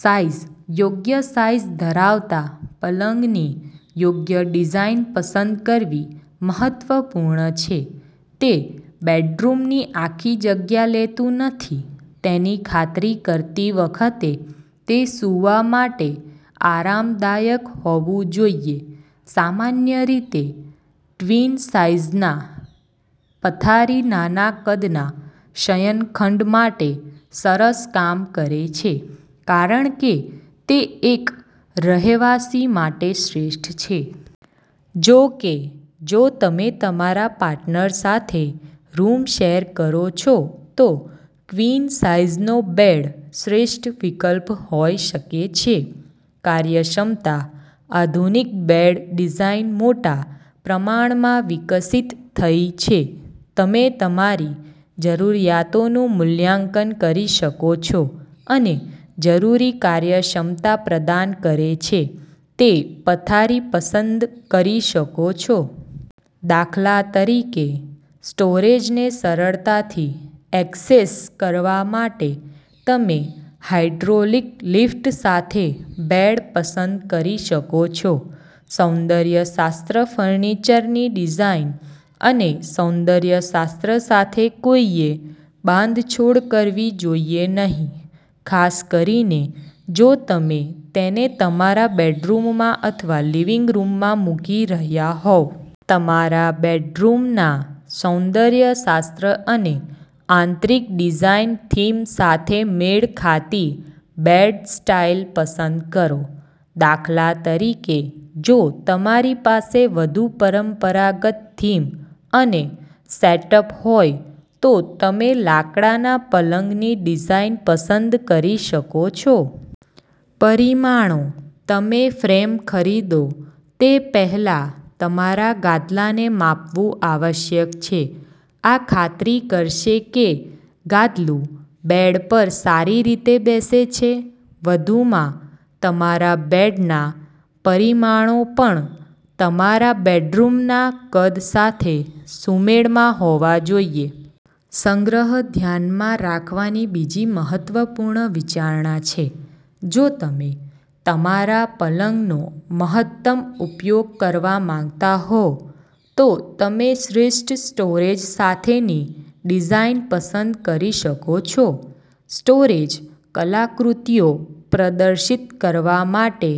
Size યોગ્ય size ધરાવતા પલંગની યોગ્ય ડિઝાઈન પસંદ કરવી મહત્વપૂર્ણ છે. તે બેડરૂમની આખી જગ્યા લેતું નથી તેની ખાતરી કરતી વખતે તે સૂવા માટે આરામદાયક હોવું જોઈએ. સામાન્ય રીતે, ટ્વીન-સાઇઝના પથારી નાના-કદના શયનખંડ માટે સરસ કામ કરે છે કારણ કે તે એક રહેવાસી માટે શ્રેષ્ઠ છે. જો કે, જો તમે તમારા પાર્ટનર સાથે રૂમ શેર કરો છો, તો ક્વીન સાઈઝનો બેડ શ્રેષ્ઠ વિકલ્પ હોઈ શકે છે. કાર્યક્ષમતા આધુનિક બેડ ડિઝાઇન મોટા પ્રમાણમાં વિકસિત થઈ છે. તમે તમારી જરૂરિયાતોનું મૂલ્યાંકન કરી શકો છો અને જરૂરી કાર્યક્ષમતા પ્રદાન કરે છે તે પથારી પસંદ કરી શકો છો. દાખલા તરીકે, સ્ટોરેજને સરળતાથી એક્સેસ કરવા માટે તમે હાઇડ્રોલિક લિફ્ટ સાથે બેડ પસંદ કરી શકો છો. સૌંદર્ય શાસ્ત્ર ફર્નિચરની ડિઝાઇન અને સૌંદર્ય શાસ્ત્ર સાથે કોઈએ બાંધછોડ કરવી જોઈએ નહીં, ખાસ કરીને જો તમે તેને તમારા બેડરૂમમાં અથવા લિવિંગ રૂમમાં મૂકી રહ્યાં હોવ. તમારા બેડરૂમના સૌંદર્ય શાસ્ત્ર અને આંતરીક ડિઝાઇન થીમ સાથે મેળ ખાતી બેડ સ્ટાઇલ પસંદ કરો. દાખલા તરીકે, જો તમારી પાસે વધુ પરંપરાગત થીમ અને સેટઅપ હોય, તો તમે લાકડાના પલંગની ડિઝાઇન પસંદ કરી શકો છો. પરિમાણો તમે ફ્રેમ ખરીદો તે પહેલાં તમારા ગાદલાને માપવું આવશ્યક છે. આ ખાતરી કરશે કે ગાદલું બેડ પર સારી રીતે બેસે છે. વધુમાં, તમારા બેડના પરિમાણો પણ તમારા બેડરૂમના કદ સાથે સુમેળમાં હોવા જોઈએ. સંગ્રહ ધ્યાનમાં રાખવાની બીજી મહત્વપૂર્ણ વિચારણા છે. જો તમે તમારા પલંગનો મહત્તમ ઉપયોગ કરવા માંગતા હો, તો તમે શ્રેષ્ઠ સ્ટોરેજ સાથેની ડિઝાઇન પસંદ કરી શકો છો. સ્ટોરેજ કલાકૃતિઓ પ્રદર્શિત કરવા માટે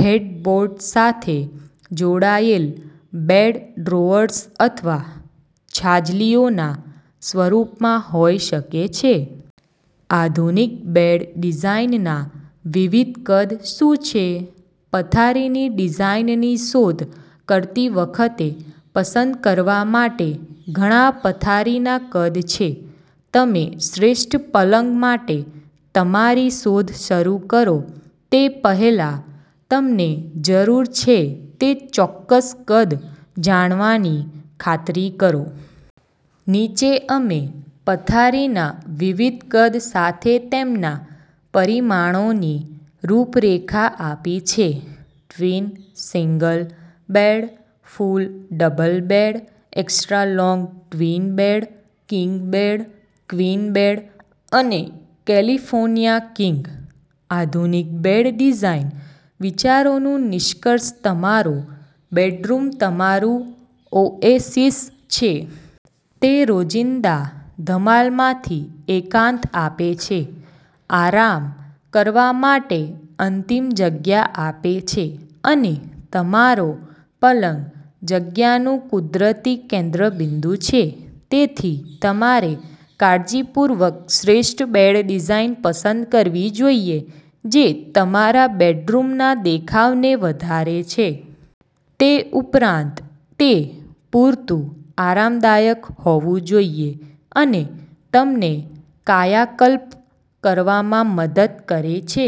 હેડબોર્ડ સાથે જોડાયેલ બેડ ડ્રોઅર્સ અથવા છાજલીઓના સ્વરૂપમાં હોઈ શકે છે. આધુનિક બેડ ડિઝાઇનના વિવિધ કદ શું છે? પથારીની ડિઝાઇનની શોધ કરતી વખતે, પસંદ કરવા માટે ઘણા પથારીના કદ છે. તમે શ્રેષ્ઠ પલંગ માટે તમારી શોધ શરૂ કરો તે પહેલાં, તમને જરૂર છે તે ચોક્કસ કદ જાણવાની ખાતરી કરો. નીચે અમે પથારીના વિવિધ કદ સાથે તેમના પરિમાણોની રૂપરેખા આપી છે. Twin single bed, full double bed, extra long twin bed, king bed, queen bed અને કેલિફોર્નિયા કિંગ. આધુનિક બેડ ડિઝાઇન વિચારોનું નિષ્કર્ષ તમારો બેડરૂમ તમારું ઓએસિસ છે. તે રોજિંદા ધમાલમાંથી એકાંત આપે છે, આરામ કરવા માટે અંતિમ જગ્યા આપે છે. અને તમારો પલંગ જગ્યાનું કુદરતી કેન્દ્રબિંદુ છે. તેથી, તમારે કાળજીપૂર્વક શ્રેષ્ઠ બેડ ડિઝાઇન પસંદ કરવી જોઈએ જે તમારા બેડરૂમના દેખાવને વધારે છે. તે ઉપરાંત, તે પૂરતું આરામદાયક હોવું જોઈએ અને તમને કાયાકલ્પ કરવામાં મદદ કરે છે.